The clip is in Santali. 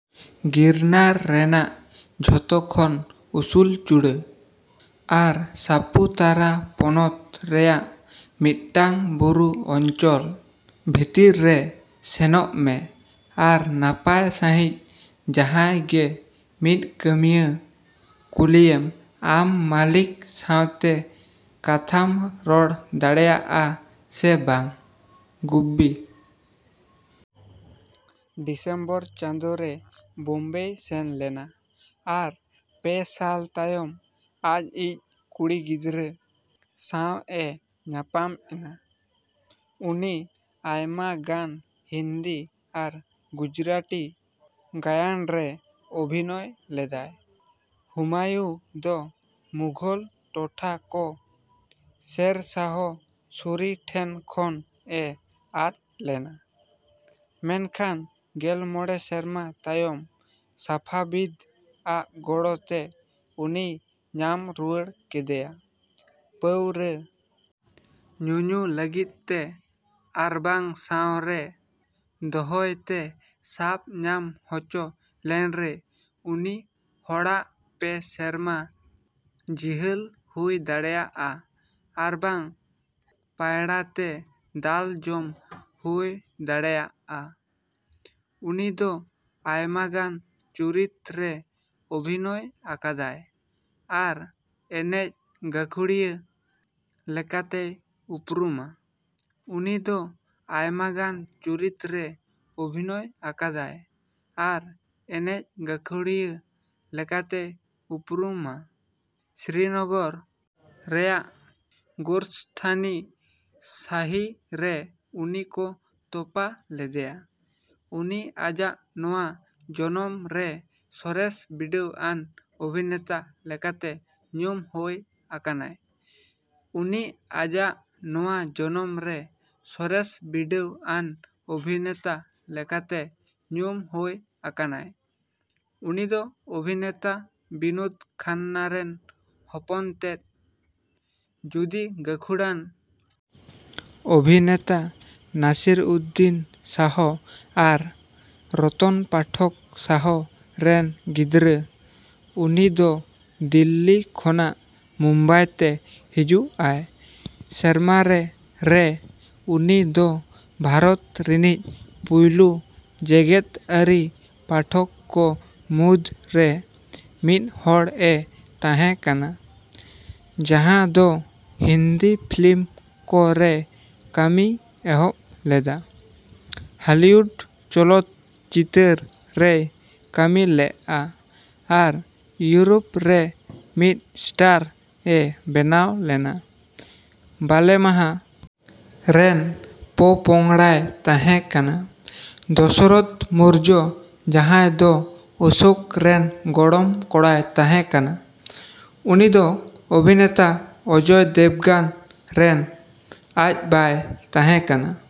ᱜᱤᱨᱱᱟᱨ ᱨᱮᱱᱟᱜ ᱡᱷᱚᱛᱚ ᱠᱷᱚᱱ ᱩᱥᱩᱞ ᱪᱩᱲᱟᱹ ᱟᱨ ᱥᱟᱯᱩ ᱛᱟᱨᱟ ᱯᱚᱱᱚᱛ ᱨᱮᱭᱟᱜ ᱢᱤᱫᱴᱟᱝ ᱵᱩᱨᱩ ᱚᱧᱪᱚᱞ᱾ᱵᱷᱤᱛᱤᱨ ᱨᱮ ᱥᱮᱱᱚᱜ ᱢᱮ ᱟᱨ ᱱᱟᱯᱟᱭ ᱥᱟᱺᱦᱤᱡ ᱡᱟᱦᱟᱸᱭ ᱜᱮ ᱢᱤᱫ ᱠᱟᱹᱢᱤᱭᱟᱹ ᱠᱩᱞᱤᱭᱮᱢ ᱟᱢ ᱢᱟᱹᱞᱤᱠ ᱥᱟᱶᱛᱮ ᱠᱟᱛᱷᱟᱢ ᱨᱚᱲ ᱫᱟᱲᱮᱭᱟᱜᱼᱟ ᱥᱮ ᱵᱟᱝ᱾ᱜᱩᱵᱵᱤ ᱰᱤᱥᱚᱢᱵᱚᱨ ᱪᱟᱸᱫᱳ ᱨᱮ ᱵᱚᱢᱵᱮᱭ ᱥᱮᱱ ᱞᱮᱱᱟ ᱟᱨ ᱯᱮ ᱥᱟᱞ ᱛᱟᱭᱚᱢ ᱟᱹᱡᱤᱡ ᱠᱩᱲᱤ ᱜᱤᱫᱽᱨᱟᱹ ᱥᱟᱶ ᱮ ᱧᱟᱯᱟᱢ ᱮᱱᱟ᱾ᱩᱱᱤ ᱟᱭᱢᱟ ᱜᱟᱱ ᱦᱤᱱᱫᱤ ᱟᱨ ᱜᱩᱡᱽᱨᱟᱴᱤ ᱜᱟᱭᱟᱱ ᱨᱮ ᱚᱵᱷᱤᱱᱚᱭ ᱞᱮᱫᱟᱭ᱾ᱦᱩᱢᱟᱭᱩ ᱫᱚ ᱢᱩᱜᱷᱚᱞ ᱴᱚᱴᱷᱟ ᱠᱚ ᱥᱮᱨ ᱥᱟᱦᱚ ᱥᱩᱨᱤ ᱴᱷᱮᱱ ᱠᱷᱚᱱ ᱮ ᱟᱫ ᱞᱮᱱᱟ, ᱢᱮᱱᱠᱷᱟᱱ ᱜᱮᱞ ᱢᱚᱸᱬᱮ ᱥᱮᱨᱢᱟ ᱛᱟᱭᱚᱢ ᱥᱟᱯᱷᱟᱵᱤᱫ ᱟᱜ ᱜᱚᱲᱚ ᱛᱮ ᱩᱱᱤᱭ ᱧᱟᱢ ᱨᱩᱣᱟᱹᱲ ᱠᱮᱫᱭᱟ᱾ᱯᱟᱹᱣᱨᱟᱹ ᱧᱩᱧᱩ ᱞᱟᱹᱜᱤᱫᱛᱮ ᱟᱨᱵᱟᱝ ᱥᱟᱶᱨᱮ ᱫᱚᱦᱚᱭᱛᱮ ᱥᱟᱵ ᱧᱟᱢ ᱦᱚᱪᱚ ᱞᱮᱱᱨᱮ, ᱩᱱᱤ ᱦᱚᱲᱟᱜ ᱯᱮᱼᱥᱮᱨᱢᱟ ᱡᱤᱦᱟᱹᱞ ᱦᱩᱭ ᱫᱟᱲᱮᱭᱟᱜᱼᱟ ᱟᱨᱵᱟᱝ ᱯᱟᱭᱲᱟᱛᱮ ᱫᱟᱞ ᱡᱚᱢ ᱦᱚᱭ ᱫᱟᱲᱮᱭᱟᱜᱼᱟ᱾ᱩᱱᱤᱫᱚ ᱟᱭᱢᱟᱜᱟᱱ ᱪᱩᱨᱤᱛ ᱨᱮ ᱚᱵᱷᱤᱱᱚᱭ ᱟᱠᱟᱫᱟᱭ ᱟᱨ ᱮᱱᱮᱡ ᱜᱟᱹᱠᱷᱩᱲᱤᱭᱟᱹ ᱞᱮᱠᱟᱛᱮᱭ ᱩᱯᱨᱩᱢᱟ᱾ᱩᱱᱤᱫᱚ ᱟᱭᱢᱟᱜᱟᱱ ᱪᱩᱨᱤᱛ ᱨᱮ ᱚᱵᱷᱤᱱᱚᱭ ᱟᱠᱟᱫᱟᱭ ᱟᱨ ᱮᱱᱮᱡ ᱜᱟᱹᱠᱷᱩᱲᱤᱭᱟᱹ ᱞᱮᱠᱟᱛᱮᱭ ᱩᱯᱨᱩᱢᱟ᱾ᱥᱨᱤᱱᱚᱜᱚᱨ ᱨᱮᱭᱟᱜ ᱜᱳᱨᱥᱛᱷᱟᱱ ᱤ ᱥᱟᱦᱤ ᱨᱮ ᱩᱱᱤ ᱠᱚ ᱛᱚᱯᱟ ᱞᱮᱫᱮᱭᱟ᱾ᱩᱱᱤ ᱟᱡᱟᱜ ᱱᱚᱶᱟ ᱡᱚᱱᱚᱢᱨᱮ ᱥᱚᱨᱮᱥ ᱵᱤᱰᱟᱹᱣ ᱟᱱ ᱚᱵᱷᱤᱱᱮᱛᱟ ᱞᱮᱠᱟᱛᱮ ᱧᱩᱢ ᱦᱳᱭ ᱟᱠᱟᱱᱟᱭ᱾ᱩᱱᱤ ᱟᱡᱟᱜ ᱱᱚᱶᱟ ᱡᱚᱱᱚᱢᱨᱮ ᱥᱚᱨᱮᱥ ᱵᱤᱰᱟᱹᱣ ᱟᱱ ᱚᱵᱷᱤᱱᱮᱛᱟ ᱞᱮᱠᱟᱛᱮ ᱧᱩᱢ ᱦᱳᱭ ᱟᱠᱟᱱᱟᱭ᱾ᱩᱱᱤᱫᱚ ᱚᱵᱷᱤᱱᱮᱛᱟ ᱵᱤᱱᱳᱫ ᱠᱷᱟᱱᱱᱟ ᱨᱮᱱ ᱦᱚᱯᱚᱱᱛᱮᱫ᱾ᱡᱩᱫᱤ, ᱜᱟᱹᱠᱷᱩᱲᱟᱱ ᱚᱵᱷᱤᱱᱮᱛᱟ ᱱᱟᱥᱤᱨᱩᱫᱽᱫᱤᱱ ᱥᱟᱦᱚ ᱟᱨ ᱨᱚᱛᱱᱟ ᱯᱟᱴᱷᱚᱠ ᱥᱟᱦᱚ ᱨᱮᱱ ᱜᱤᱫᱽᱨᱟᱹ᱾ᱩᱱᱤᱫᱚ ᱫᱤᱞᱞᱤ ᱠᱷᱚᱱᱟᱜ ᱢᱩᱢᱵᱟᱭᱛᱮ ᱦᱤᱡᱩᱜ ᱟᱭ ᱥᱮᱨᱢᱟᱨᱮ ᱨᱮ᱾ᱩᱱᱤ ᱫᱚ ᱵᱷᱟᱨᱚᱛ ᱨᱤᱱᱤᱡ ᱯᱩᱭᱞᱩ ᱡᱮᱜᱮᱛᱟᱹᱨᱤ ᱯᱟᱴᱷᱚᱠ ᱠᱚ ᱢᱩᱫᱽ ᱨᱮ ᱢᱤᱫ ᱦᱚᱲ ᱮ ᱛᱟᱸᱦᱮ ᱠᱟᱱᱟ ᱡᱟᱸᱦᱟ ᱫᱚ ᱦᱤᱱᱫᱤ ᱯᱷᱤᱞᱤᱢ ᱠᱚ ᱨᱮ ᱠᱟᱹᱢᱤᱭ ᱮᱦᱚᱵ ᱞᱮᱫᱟ, ᱦᱟᱞᱤᱭᱩᱰ ᱪᱚᱞᱚᱛ ᱪᱤᱛᱟᱹᱨ ᱨᱮᱭ ᱠᱟᱹᱢᱤ ᱞᱮᱜᱼᱟ ᱟᱨ ᱤᱭᱩᱨᱳᱯ ᱨᱮ ᱢᱤᱫ ᱥᱴᱟᱨ ᱮ ᱵᱮᱱᱟᱣ ᱞᱮᱱᱟ᱾ᱵᱟᱞᱮᱢᱟᱦᱟ ᱨᱮᱱ ᱯᱚᱯᱚᱝᱲᱟᱭ ᱛᱟᱦᱮᱸ ᱠᱟᱱᱟ ᱫᱚᱥᱚᱨᱚᱛᱷ ᱢᱳᱨᱡᱚ, ᱡᱟᱦᱟᱸᱭ ᱫᱚ ᱚᱥᱳᱠ ᱨᱮᱱ ᱜᱚᱲᱚᱢ ᱠᱚᱲᱟᱭ ᱛᱟᱦᱮᱸ ᱠᱟᱱᱟ᱾ᱩᱱᱤᱫᱚ ᱚᱵᱷᱤᱱᱮᱛᱟ ᱚᱡᱚᱭ ᱫᱮᱵᱽᱜᱟᱱ ᱨᱮᱱ ᱟᱡᱵᱟᱭ ᱛᱟᱦᱮᱸ ᱠᱟᱱᱟ᱾